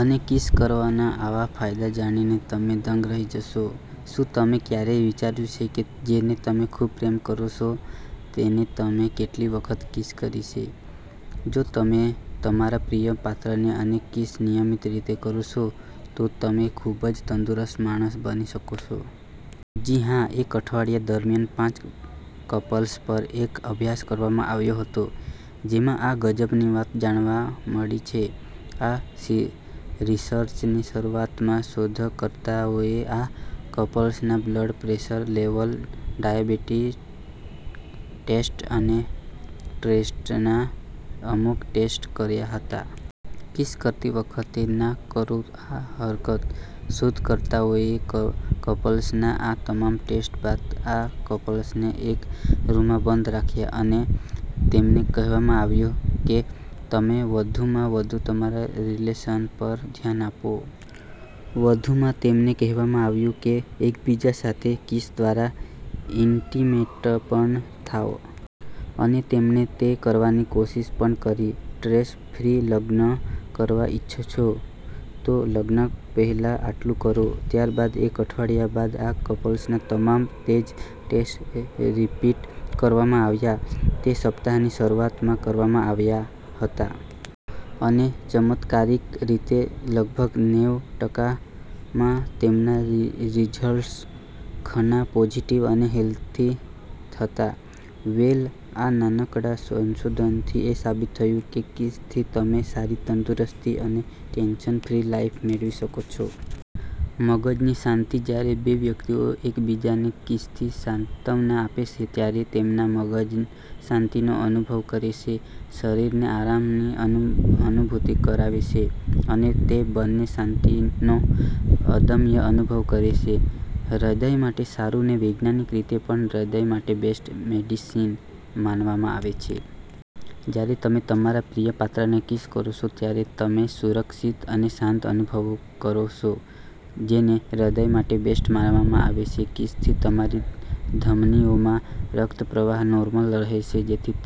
અને કિસ કરવાના આવા ફાયદા જાણીને તમે દંગ રહી જશો. શું તમે ક્યારેય વિચાર્યુ છેકે જેને તમે ખુબ પ્રેમ કરો છો તેને તમે કેટલી વખત કિસ કરી છે? જો તમે તમારા પ્રિય પાત્રને અને કિસ નિયમીત રીતે કરો છો, તો તમે ખુબ જ તંદુરસ્ત માણસ બની શકો છો. જી હા, એક અઠવાડિયા દરમ્યાન પાંચ કપલ્સ પર એક અભ્યાસ કરવામાં આવ્યો હતો જેમા આ ગજબની વાત જાણવા મળી છે. આ રીસર્ચની શરૂઆતમાં શોધકર્તાઓએ આ કપલ્સના blood pressure level, diabetic test, અને સ્ટ્રેસના અમુક ટેસ્ટ કર્યા હતા. કિસ કરતી વખતે ના કરો આ હરકત શોધકર્તાઓએ કપલ્સના આ તમામ ટેસ્ટ બાદ આ કપલ્સને એક રૂમમાં બંધ રાખ્યા અને તેમને કહેવામાં આવ્યુ કે તમે વધુમાં વધુ તમારા રીલેશન પર ધ્યાન આપો વધુમાં તેમને કહેવામાં આવ્યુ કે એકબીજા સાથે કિસ દ્વારા ઇન્ટીમેટપણ થાવ. અને તેમણે તે કરવાની કોશિષ પણ કરી. સ્ટ્રેસ ફ્રી લગ્ન કરવા ઇચ્છો છો? તો લગ્ન પહેલા આટલું કરો .ત્યારબાદ એક અઠવાડિયા બાદ આ કપલ્સના તમામ તેજ ટેસ્ટ રીપીટ કરવામાં આવ્યા જે સપ્તાહની શરૂઆતમાં કરવામાં આવ્યા હતા. અને ચમત્કારિક રીતે લગભગ નેવ ટકા માં તેમના રીઝલ્ટ્સ ઘણાં પોઝીટીવ અને હેલ્થી હતા. વેલ આ નાનકડા સંશોધનથી એ સાબિત થયુ છે કે કિસ થી તમેં સારી તંદુરસ્તી અને ટેન્શન ફ્રી લાઇફ મેળવી શકો છો. મગજની શાંતિ જ્યારે બે વ્યક્તિઓ એકબીજાને કિસથી સાંત્વના આપે છે, ત્યારે તેમના મગજ શાંતિનો અનુભવ કરે છે. શરીરને આરામની અનુભૂતિ કરાવે છે, અને તે બંને શાંતિનો અદમ્ય અનુભવ કરે છે. હ્રદય માટે સારૂં ને વૈજ્ઞાનિક રીતે પણ હ્રદય માટે બેસ્ટ મેડિસીન માનવામાં આવે છે. જ્યારે તમે તમારા પ્રિય પાત્રને કિસ કરો છો, ત્યારે તમે સુરક્ષિત અને શાંત અનુભવ કરો છો. જેને હ્રદય માટે બેસ્ટ માનવામાં આવે છે. કિસ થી તમારી ધમનીઓમાં રક્તપ્રવાહ નોર્મલ રહે છે, જેથી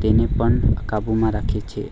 તે ને પણ કાબુમાં રાખે છે.